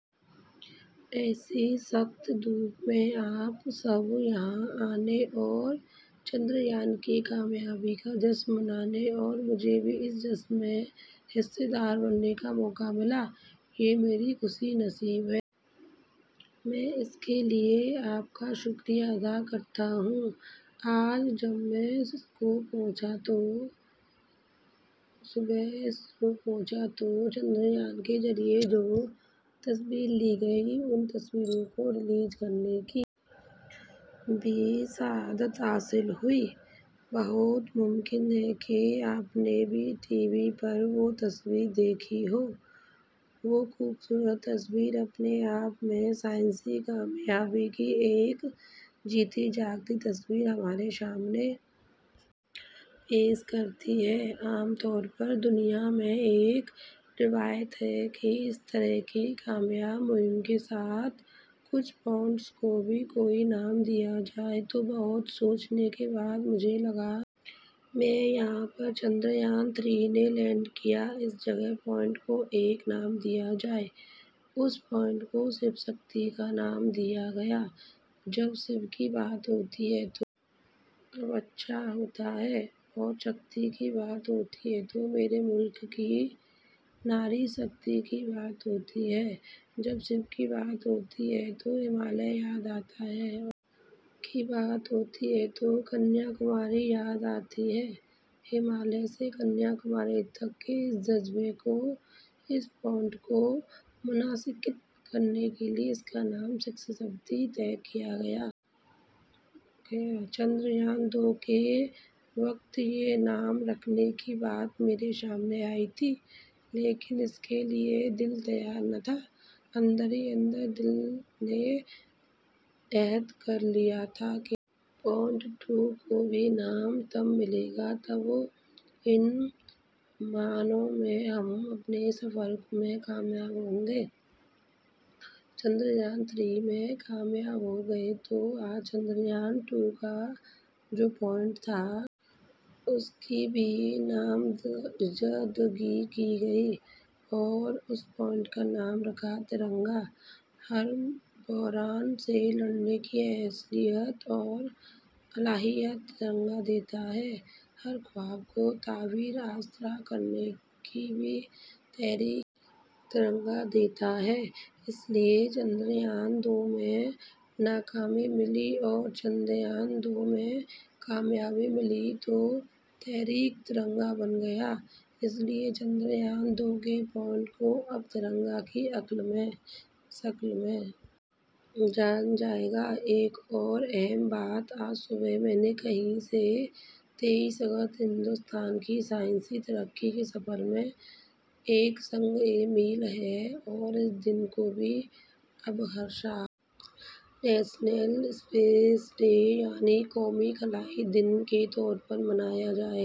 ایسی سخت دھوپ میں آپ سب کا یہاں آنا اور چندریان کی کامیابی کا جشن منانا اور مجھے بھی اس جشن میں حصہ دار بننے کا موقع ملا یہ میری خوش نصیبی ہے میں اس کے لیے آپ سب کا شکریہ ادا کرتا ہوں آج جب میں صبح اسرو پہنچا تھا تو چندریان کے ذریعے جو تصویریں لی گئی تھیں ان تصویروں کو ریلیز کرنے کی بھی سعادت حاصل ہوئی بہت ممکن ہے کہ آپ نے بھی ٹی وی پر وہ تصویریں دیکھی ہوں وہ خوبصورت تصویریں اپنے آپ میں سائنسی کامیابی کی ایک جیتی جاگتی تصویر ہمارے سامنے پیش کرتی ہیں عام طور پر دنیا میں ایک روایت ہے کہ اس طرح کی کامیاب مہم کے ساتھ کچھ پوائنٹس کو کوئی نام دیا جائے تو بہت سوچنے کے بعد مجھے لگا کہ جہاں پر چندریان تین نے لینڈ کیا ہے اس پوائنٹ کو ایک نام دیا جائے اس پوائنٹ کو شیو شکتی کا نام دیا گیا ہے جب شیو کی بات ہوتی ہے تو سب اچھا ہوتا ہے اور شکتی کی بات ہوتی ہے تو میرے ملک کی ناری شکتی کی بات ہوتی ہے جب شیو کی بات ہوتی ہے تو ہمالیہ یاد آتا ہے اور شکتی کی بات ہوتی ہے تو کنیا کماری یاد آتا ہے ہمالیہ سے کنیا کماری تک کے اس جذبے کو اس پوائنٹ میں منعکس کرنے کے لیے اس کا نام شیو شکتی طے کیا گیا ہے چندریان دو کے وقت یہ نام رکھنے کی بات میرے سامنے آئی تھی لیکن اس کے لیے دل تیار نہیں تھا اندر ہی اندر دل نے عہد کر لیا تھا کہ پوائنٹ دو کو بھی نام تب ملے گا جب صحیح معنوں میں ہم اپنے سفر میں کامیاب ہوں گے چندریان تین میں کامیاب ہو گئے تو آج چندریان دو کا جو پوائنٹ تھا اس کی بھی نامزدگی کی گئی اور اس پوائنٹ کا نام رکھا ہے ترنگا ہر بحران سے لڑنے کی اہلیت اور صلاحیت ترنگا دیتا ہے ہر خواب کو تعبیر آشنا کرنے کی تحریک ترنگا دیتا ہے اس لیے چندریان دو میں ناکامی ملی اور چندریان تین میں کامیابی ملی تو تحریک ترنگا بن گیا اس لیے چندریان دو کے پوائنٹ کو اب ترنگا کی شکل میں جانا جائے گا ایک اور اہم بات آج صبح میں نے کہی ہے تئیس اگست ہندوستان کی سائنسی ترقی کے سفر میں ایک سنگ میل ہے اور اس دن کو اب ہر سال نیشنل اسپیس ڈے یعنی قومی خلائی دن کے طور پر منایا جائے گا